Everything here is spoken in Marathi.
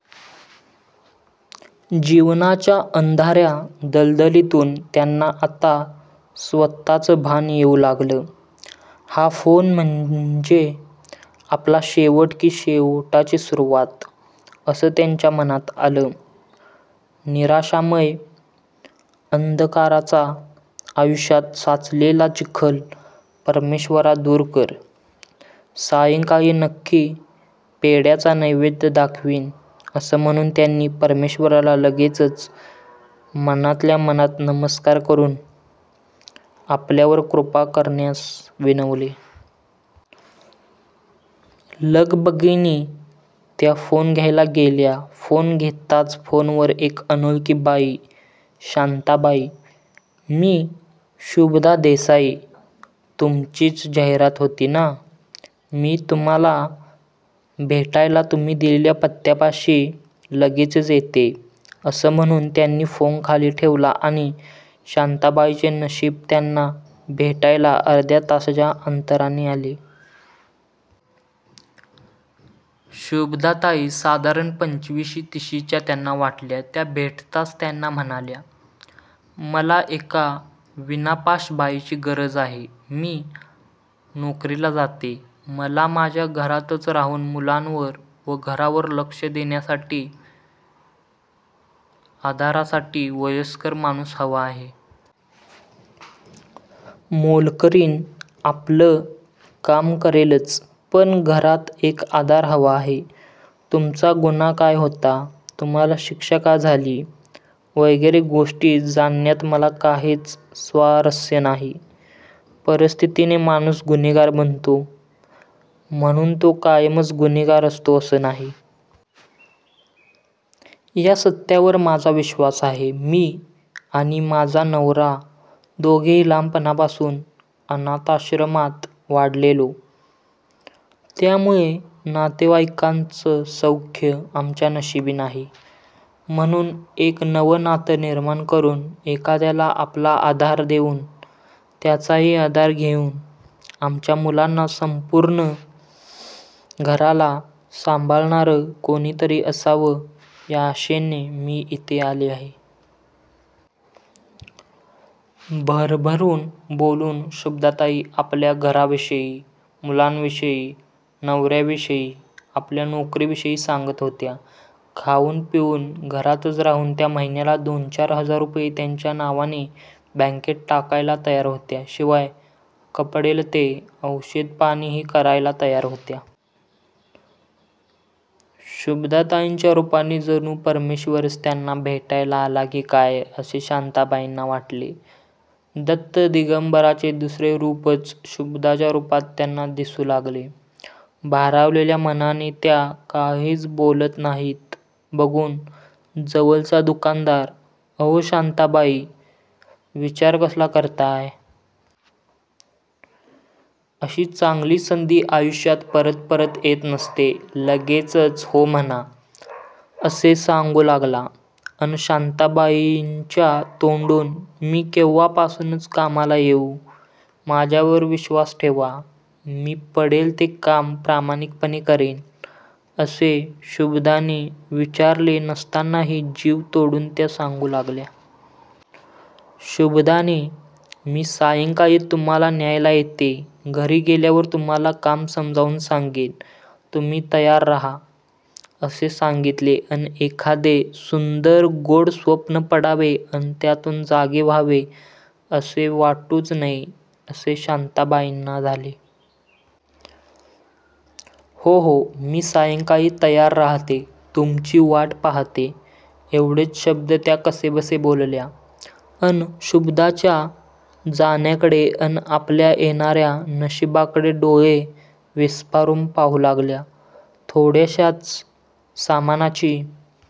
जीवनाच्या अंधा-या दलदलीतून त्यांना आता स्वतचं भान येऊ लागलं. हा फोन म्हनजे आपला शेवट की शेवटाची सुरुवात? असं त्यांच्या मनांत आलं. "निराशामय अंघकाराचा आयुष्यात साचलेला चिखल परमेश्वरा दूर कर. सायंकाळी नक्की पेढ्याचा नैवेद्य दाखावीन" असं म्हणून त्यांनी परमेश्वराला लगेचच मनातल्या मनात नमस्कार करून आपल्यावर कृपा करण्यास विनवले. लगबगीने त्या फोन घ्यायला गेल्या. फोन घेताच फोनवर एक अनोळखी बाई, "शांताबाई, मी शुभदा देसाई तुमचीच जाहिरात होती नं, मी तुम्हाला भेटायला तुम्ही दिलेल्या पत्त्यापाशी लगेचच येतेय. " असं म्हणून त्यांनी फोन खाली ठेवला आणि शांताबाईंचे नशीब त्यांना भेटायला अर्ध्या तासाच्या अंतराने आले. शुभदाताई साधारण पंचविशी / तिशीच्या त्यांना वाटल्या. त्या भेटताच त्यांना म्हणाल्या, "मला एका विनापाश बाईची गरज आहे. मी नोकरीला जाते. मला माझ्या घरातच राहून मुलांवर व घरावर लक्ष देण्यासाठी. आधारासाठी वयस्कर माणूस हवं आहे. मोलकरीण आपलं काम करेलच. पण घरात एक आधार हवा आहे. तुमचा गुन्हा काय होता? तुम्हाला शिक्षा का झाली? वगैरे गोष्टी जाणण्यात मला काहीच स्वारस्य नाही. परिस्थितीने माणूस गुन्हेगार बनतो. म्हणून तो कायमच गुन्हेगार असतो असं नाही. या सत्यावर माझा विश्वास आहे. मी आणि माझा नवरा दोघेही लहानपणापासून अनथाश्रमात वाढलेलो. त्यामुळे नातेवाईंकाचं सौख्य आमच्या नशिबी नाही. म्हणून एक नवं नातं निर्माण करून, एखाद्याला आपला आधार देऊन, त्याचाही आधार घेऊन आमच्या मुलांना, संपूर्ण घराला सांभाळणारं कोणीतरी असावं या आशेनं मी इथं आले आहे. " भरभरून बोलून शुभदाताई आपल्या घराविषयी, मुलांविषयी, नव-याविषयी, आपल्या नोकरीविषयी सांगत होत्या. खाऊन पिऊन घरातच राहून त्या महिन्याला दोन हजार रुपये त्यांच्या नावाने बकेत टाकायला तयार होत्या. शिवाय कपडेलत्ते, औषधपाणीही करायला तयार होत्या. शुभदाताईच्या रुपाने जणू परमेश्वरच त्यांना भेटायला आला की काय असे शांताबाईंना वाटले. दत्तदिगंबराचे दुसरे रुपच शुभदाच्या रुपात त्यांना दिसू लागले. भारावलेल्या मनाने त्या काहीच बोलत नाहीत बघून जवळचा दुकानदार, "अहो शांताबाई, विचार कसला करताय? अशी चांगली संधी आयुष्यात परत परत येत नसते. लगेचच हो म्हणा. " असे सांगू लागला. अन शाताबाईंच्या तोंडून "मी केव्हापासून कामाला येऊ? माझ्यावर विश्वास ठेवा, मी पडेल ते काम प्रामाणिकपणे करेन. " असे शुभदाने विचारले नसतानाही जीव तोडून त्या सांगू लागल्या. शुभदाने, "मी सायंकाळी तुम्हाला न्यायला येते, घरी गेल्यावर तुम्हाला काम समजावून सांगेन. तुम्ही तयार रहा. " असे सांगितले. अन् एखादे सुंदर, गोड स्वप्न पडावे अन त्यातून जागे व्हावे असे वाटूच नये असे शांताबाईंना झाले. "हो, हो, मी सायंकाळी तयार रहाते, तुमची वाट पहाते. " एव्हढेच शब्द त्या कसेबसे बोलल्या. अन शुभदाच्या जाण्याकडे अन आपल्या येणा-या नशिबाकडे डोळे विस्फारून पाहू लागल्या. थोड्याशाच सामानाची